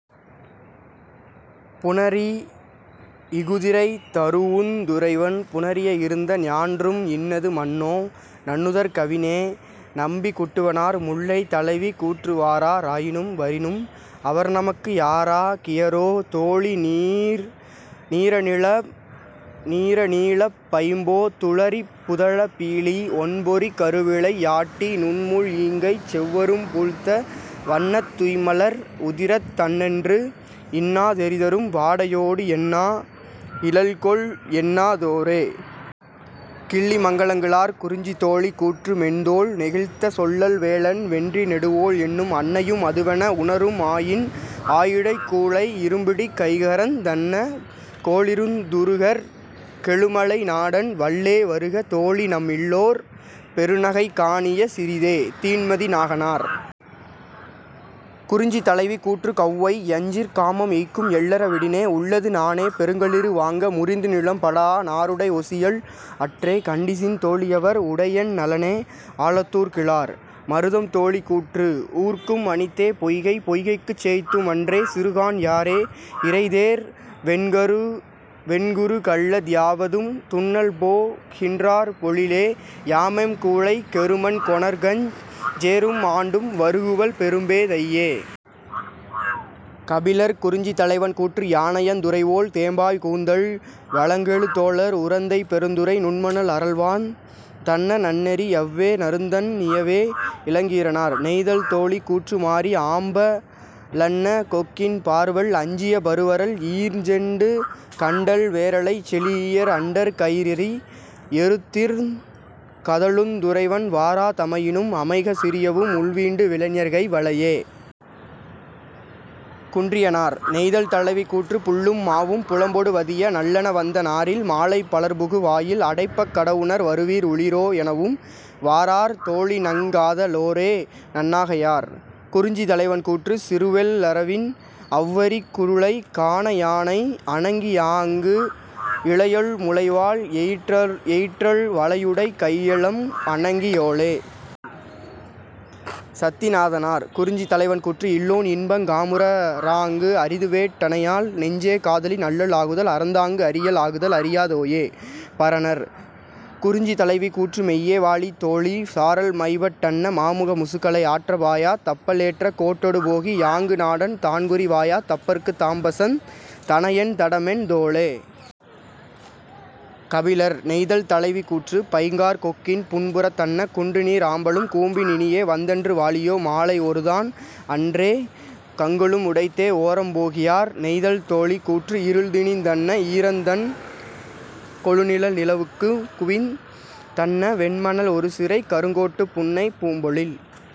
புணரி இகுதிரை தரூஉந் துறைவன் புணரிய இருந்த ஞான்றும் இன்னது மன்னோ நன்னுதற் கவினே. -நம்பி குட்டுவனார்.. முல்லை தலைவி கூற்று வாரா ராயினும் வரினும் அவர்நமக்கு யாரா கியரோ தோழி நீர நீலப் பைம்போ துளரிப் புதல பீலி ஒண்பொறிக் கருவிளை யாட்டி நுண்முள் ஈங்கைச் செவ்வரும் பூழ்த்த வண்ணத் துய்ம்மலர் உதிரத் தண்ணென்று இன்னா தெறிதரும் வாடையொடு என்னா யினள்கொல் என்னா தோரே. -கிள்ளிமங்கலங்கிழார்.. குறிஞ்சி தோழி கூற்று மென்தோள் நெகிழ்த்த செல்லல் வேலன் வென்றி நெடுவேள் என்னும் அன்னையும் அதுவென உணரும் ஆயின் ஆயிடைக் கூழை இரும்பிடிக் கைகரந் தன்ன கேழிருந் துறுகற் கெழுமலை நாடன் வல்லே வருக தோழிநம் இல்லோர் பெருநகை காணிய சிறிதே. -தீன்மதி நாகனார்.. குறிஞ்சி தலைவி கூற்று கௌவை யஞ்சிற் காமம் எய்க்கும் எள்ளற விடினே உள்ளது நாணே பெருங்களிறு வாங்க முரிந்துநிலம் படாஅ நாருடை ஒசியல் அற்றே கண்டிசின் தோழியவர் உண்டஎன் நலனே. -ஆலத்தூர் கிழார்.. மருதம் தோழி கூற்று ஊர்க்கும் அணித்தே பொய்கை பொய்கைக்குச் சேய்த்தும் அன்றே சிறுகான் யாறே இரைதேர் வெண்குரு கல்ல தியாவதும் துன்னல்போ கின்றாற் பொழிலே யாமெம் கூழைக் கெருமண் கொணர்கஞ் சேறும் ஆண்டும் வருகுவள் பெரும்பே தையே. -கபிலர்.. குறிஞ்சி தலைவன் கூற்று யானயந் துறைவோள் தேம்பாய் கூந்தல் வளங்கெழு சோழர் உறந்தைப் பெருந்துறை நுண்மணல் அறல்வார்ந் தன்ன நன்னெறி யவ்வே நறுந்தண் ணியவே. -இளங்கீரனார்.. நெய்தல் தோழி கூற்று மாரி ஆம்ப லன்ன கொக்கின் பார்வல் அஞ்சிய பருவரல் ஈர்ஞெண்டு கண்டல் வேரளைச் செலீஇயர் அண்டர் கயிறரி யெருத்திற் கதழுந் துறைவன் வாரா தமையினும் அமைக சிறியவும் உளவீண்டு விலைஞர்கை வளையே. -குன்றியனார்.. நெய்தல் தலைவி கூற்று புள்ளும் மாவும் புலம்பொடு வதிய நள்ளென வந்த நாரில் மாலைப் பலர்புகு வாயில் அடைப்பக் கடவுநர் வருவீர் உளீரோ எனவும் வாரார் தோழிநங் காத லோரே. -நன்னாகையார்.. குறிஞ்சி தலைவன் கூற்று சிறுவெள் ளரவின் அவ்வரிக் குருளை கான யானை அணங்கி யாஅங்கு இளையள் முளைவாள் எயிற்றள் வளையுடைக் கையள்எம் அணங்கி யோளே. -சத்திநாதனார்.. குறிஞ்சி தலைவன் கூற்று இல்லோன் இன்பங் காமுற் றாஅங்கு அரிதுவேட் டனையால் நெஞ்சே காதலி நல்லள் ஆகுதல் அறிந்தாங்கு அரியள் ஆகுதல் அறியா தோயே. -பரணர்.. குறிஞ்சி தலைவி கூற்று மெய்யே வாழி தோழி சாரல் மைபட் டன்ன மாமுக முசுக்கலை ஆற்றப் பாயாத் தப்பல் ஏற்ற கோட்டொடு போகி யாங்கு நாடன் தான்குறி வாயாத் தப்பற்குத் தாம்பசந் தனஎன் தடமென் தோளே. -கபிலர்.. நெய்தல் தலைவி கூற்று பைங்காற் கொக்கின் புன்புறத் தன்ன குண்டுநீர் ஆம்பலும் கூம்பின இனியே வந்தன்று வாழியோ மாலை ஒருதான் அன்றே கங்குலும் உடைத்தே. -ஓரம் போகியார்.. நெய்தல் தோழி கூற்று இருள்திணிந் தன்ன ஈர்ந்தண் கொழுநிழல் நிலவுக்குவித் தன்ன வெண்மணல் ஒருசிறைக் கருங்கோட்டுப் புன்னைப் பூம்பொழில்